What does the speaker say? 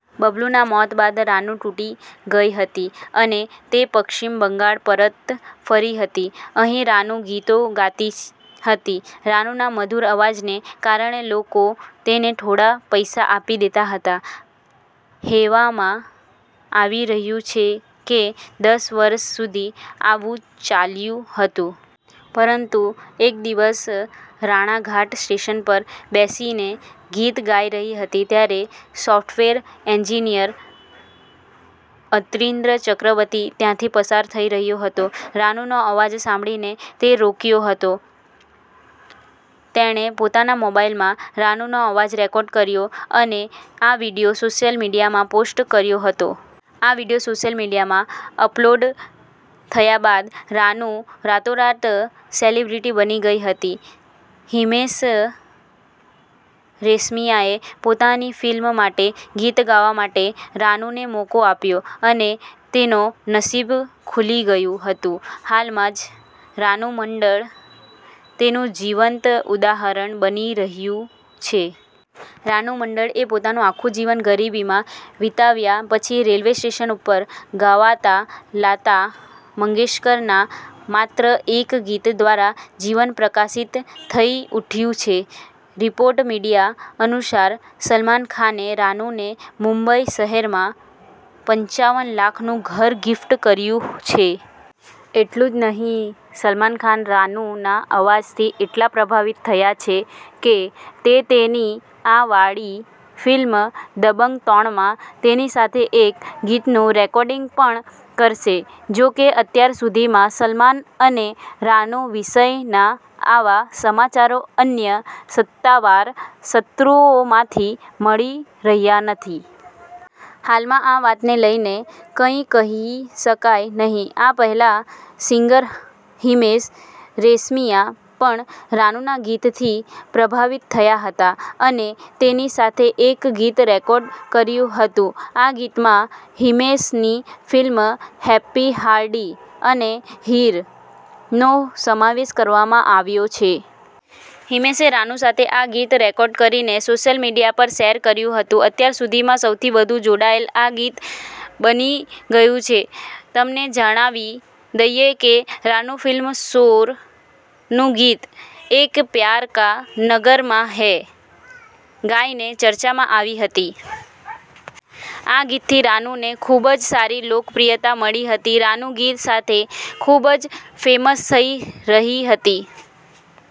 બબલૂના મોત બાદ રાનૂ તૂટી ગઈ હતી અને તે પશ્ચિમ બંગાળ પરત ફરી હતી. અહીં રાનૂ ગીતો ગાતી હતી. રાનૂના મધુર અવાજને કારણે લોકો તેને થોડાં પૈસા આપી દેતા હતા. હેવામાં આવી રહ્યું છે કે દસ વર્ષ સુધી આવું ચાલ્યું હતું. પરંતુ એક દિવસ રાણાઘાટ સ્ટેશન પર બેસીને ગીત ગાઈ રહી હતી ત્યારે સોફ્ટવેર એન્જીનિયર અતિન્દ્ર ચક્રવર્તી ત્યાંથી પસાર થઈ રહ્યો હતો. રાનૂનો અવાજ સાંભળીને તે રોકયો હતો. તેણે પોતાના મોબાઇલમાં રાનૂનો અવાજ રેકોર્ડ કર્યો અને આ વીડિયો સોશિયલ મીડિયામાં પોસ્ટ કર્યો હતો. આ વીડિયો સોશિયલ મીડિયામાં અપલોડ થયા બાદ રાનૂ રાતોરાત સેલિબ્રિટી બની ગઈ હતી. હિમેશ રેશમિયાએ પોતાની ફિલ્મ માટે ગીત ગાવા માટે રાનૂને મોકો આપ્યો અને તેનો નસિબ ખુલી ગયું હતું. હાલમાં જ રાનું મંડળ તેનું જીવંત ઉદાહરણ બની રહીયું છે. રાનુ મંડળ એ પોતાનું આખું જીવન ગરીબમાં વિતાવ્યા પછી રેલવે સ્ટેશન ઉપર ગવાતા લાતા મંગેશકર ના માત્ર એક ગીત દ્વારા જીવન પ્રકાશિત થઇ ઉઠ્યું છે. રિપોર્ટ મીડિયા અનુસાર, સલમાન ખાને રાનુ ને મુંબઈ શહેરમાં પંચાવન લાખનું ઘર ગિફ્ટ કરીયું છે. એટલું જ નહીં સલમાન ખાન રાનુના અવાજ થી એટલા પ્રભાવિત થયા છે કે તે તેની આ વાળી ફિલ્મ દબંગ ત્રણમાં તેની સાથે એક ગીતનું રેકોર્ડિંગ પણ કરશે. જોકે અત્યાર સુધીમાં સલમાન અને રાનું વિષયના આવા સમાચારો અન્ય સત્તાવાર સત્રુઓમાંથી મળી રહ્યા નથી. હાલમાં આ વાતને લઇને કંઇ કહી શકાય નહીં. આ પહેલા સિંગર હિમેશ રેશમિયા પણ રાનુના ગીત થી પ્રભાવિત થયા હતા અને તેની સાથે એક ગીત રેકોર્ડ કર્યું હતું. આ ગીતમાં હિમેશની ફિલ્મ હેપી હાર્ડી અને હીર નો સમાવેશ કરવામાં આવ્યો છે. હીમેશે રાનુ સાથે આ ગીત રેકોર્ડ કરીને સોશિયલ મીડિયા પર શેર કર્યું હતું. અત્યાર સુધીમાં સૌથી વધુ જોડાયેલ આ ગીત બની ગયું છે. તમને જણાવી દઇએ કે રાનું ફિલ્મ શોર નું ગીત 'એક પ્યાર કા નગરમાં હૈ' ગાઈને ચર્ચામાં આવી હતી. આ ગીત થી રાનુ ને ખૂબ જ સારી લોકપ્રિયતા મળી હતી. રાનુ ગીત સાથે ખૂબ જ ફેમસ થઈ રહી હતી.